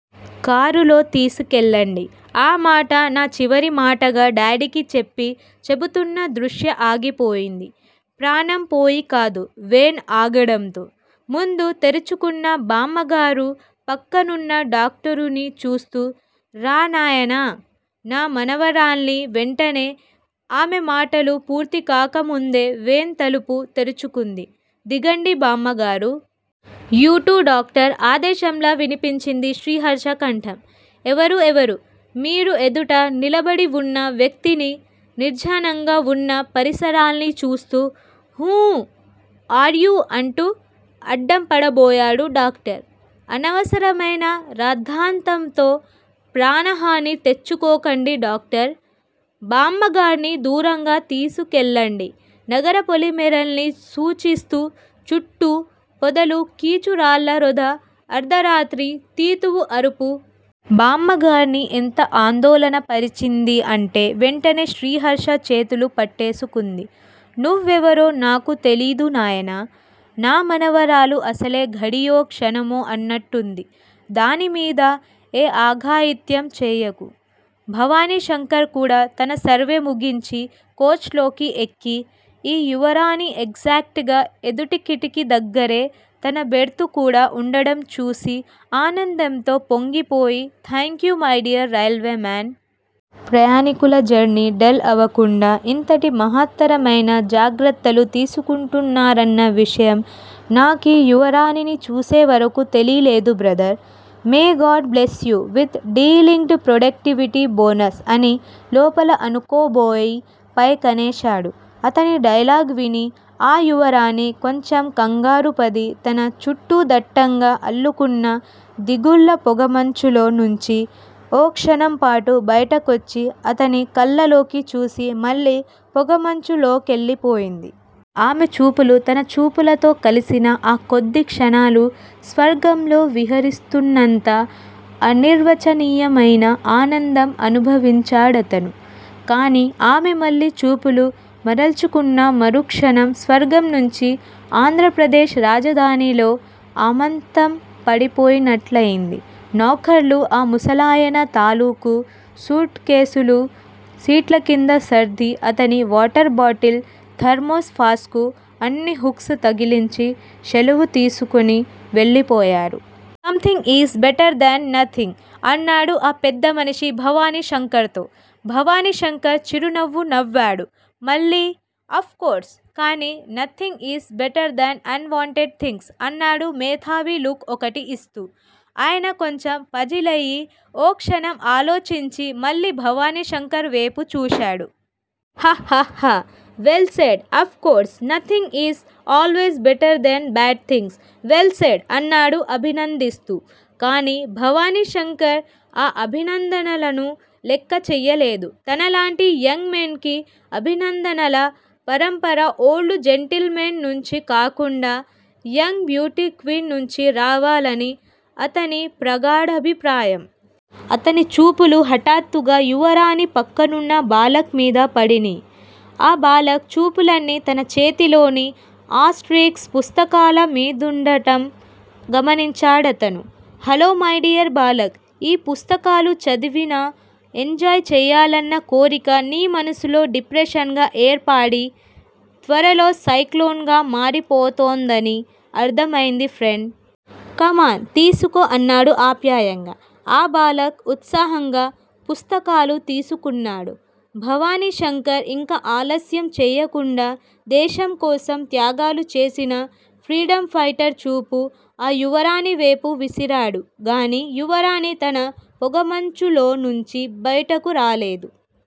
కారులో తీసుకెళ్ళండి. ఆ మాట నా చివరిమాటగా డాడీకి చెప్పి చెబుతున్న దృశ్య ఆగిపోయింది. ప్రాణం పోయికాదు వేన్ ఆగడంతో. ముందు తేరుకున్న బామ్మగారు పక్కనున్న డాక్టరుని చూస్తూ రా నాయనా. నా మనవరాల్ని వెంటనే ఆమె మాటలు పూర్తికాకముందే వేన్ తలుపు తెరుచుకుంది. దిగండి బామ్మగారు. యూటూ డాక్టర్. ఆదేశంలా వినిపించింది శ్రీహర్ష కంఠం. ఎవరు ఎవరు మీరు ఎదుట నిలబడివున్న వ్యక్తిని, నిర్జనంగా వున్న పరిసరాల్ని చూస్తూ హూ ఆర్యూ అంటూ అడ్డం పడబోయాడు డాక్టర్. అనవసరమైన రాద్ధాంతంతో ప్రాణహాని తెచ్చుకోకండి డాక్టర్. బామ్మగార్ని దూరంగా తీసుకెళ్ళండి నగర పొలిమేరల్ని సూచిస్తూ చుట్టూ పొదలు, కీచురాళ్ళ రొద, అర్థరాత్రి తీతువు అరుపు. బామ్మగార్ని ఎంత ఆందోళనపరిచిందీ అంటే వెంటనే శ్రీహర్ష చేతులు పట్టేసుకుంది. నువ్వెవరో నాకు తెలీదునాయనా. నా మనవరాలు అసలే ఘడియో, క్షణమో అన్నట్టుంది. దానిమీద ఏ అఘాయిత్యం చేయకు. భవాని శంకర్ కూడా తనసర్వే ముగించి కోచ్ లోకి ఎక్కి, ఈ యువరాణి ఎగ్జాట్ గా ఎదుటికిటికీ దగ్గరే తనబెర్తు కూడా ఉండడంచూసి ఆనందంతో పొంగిపోయి థాంక్యూ మైడియర్ రైల్వే మాన్. ప్రయాణీకులజర్నీ డల్ అవకుండా ఇంతటి మహత్తరమయిన జాగ్రత్తలు తీసుకుంటున్నారన్న విషయం నాకీ యువరాణిని చూసేవరకు తెలీలేదు brother. May God bless you with delinked productivity bonus అని లోపలఅనుకోబోయి పైకనేశాడు. అతని డైలాగ్ విని ఆ యువరాణి కొంచెంకంగారుపది తన చుట్టూదట్టంగా అల్లుకున్న దిగుళ్ళ పొగమంచులో నుంచి ఓ క్షణంపాటు బయటకొచ్చి అతని కళ్ళలోకి చూసి మళ్ళీ పొగమంచులోకెళ్ళిపోయింది. ఆమె చూపులు తనచూపులతో కలిసిన ఆ కొద్ది క్షణాలు స్వర్గంలో విహరిస్తున్నంత అనిర్వచనీయమయిన ఆనందం అనుభవించాడతను. కాని ఆమె మళ్ళీ చూపులు మరల్చుకున్న మరుక్షణం స్వర్గంనుంచి ఆంద్రప్రదేశ్ రాజధానిలో అమాంతంపడిపోయినట్లయింది. నౌఖర్లు ఆ ముసలాయన తాలూకు సూట్ కేసులు సీట్లకింద సర్ది అతని వాటర్ బాటిల్, థర్మోస్ ఫాస్కూ అన్నీ హుక్స్ తగిలించి శెలవుతీసుకుని వెళ్ళిపోయారు. Something is better than nothing అన్నాడు ఆ పెద్ద మనిషి భవాని శంకర్ తో. భవాని శంకర్ చిరునవ్వునవ్వాడు మళ్ళీ. అఫ్ కోర్స్, కానీ nothing is better than unwanted things అన్నాడు మేథావి లుక్ ఒకటి ఇస్తూ. ఆయన కొంచెం పజిలయి ఓ క్షణం ఆలోచించి మళ్ళీ భవాని శంకర్ వేపు చూశాడు. హ్హ హ్హ హ్హ, well said of course nothing is always better than bad things well said అన్నాడు అభినందిస్తూ. కానీ భవానీశంకర్ ఆ అభినందనలను లెక్క చేయలేదు. తనలాంటి యంగ్ మెన్ కి అభినందనల పరంపర ఓల్డు జెంటిల్మెన్ నుంచి కాకుండా యంగ్ బ్యూటీక్వీన్స్ నుంచి రావాలని అతనిప్రగాడాభిప్రాయం. అతని చూపులు హఠాత్తుగా యువరాణి పక్కనున్న బాలక్ మీద పడినియ్. ఆ బాలక్ చూపులన్నీ తన చేతిలోని ఆస్ట్రిక్స్ పుస్తకాల మీదుండటం గమనించాడతను. Hello, my dear Balak. ఈ పుస్తకాలు చదివిన ఎంజాయ్ చేయాలన్న కోరిక నీమనసులో డిప్రెషన్ గ ఏర్పడి, త్వరలో సైక్లోన్ గా మారిపోతోందని అర్ధమయింది ఫ్రెండ్. కమాన్, తీసుకో అన్నాడు ఆప్యాయంగా. ఆ బాలక్ ఉత్సాహంగా పుస్తకాలు తీసుకున్నాడు. భవాని శంకర్ ఇంక ఆలస్యం చేయకుండా దేశంకోసం త్యాగాలు చేసిన ఫ్రీడమ్ ఫైటర్ చూపు ఆ యువరాణి వేపు విసిరాడు గాని యువరాణి తన పొగమంచులో నుంచి బయటకు రాలేదు.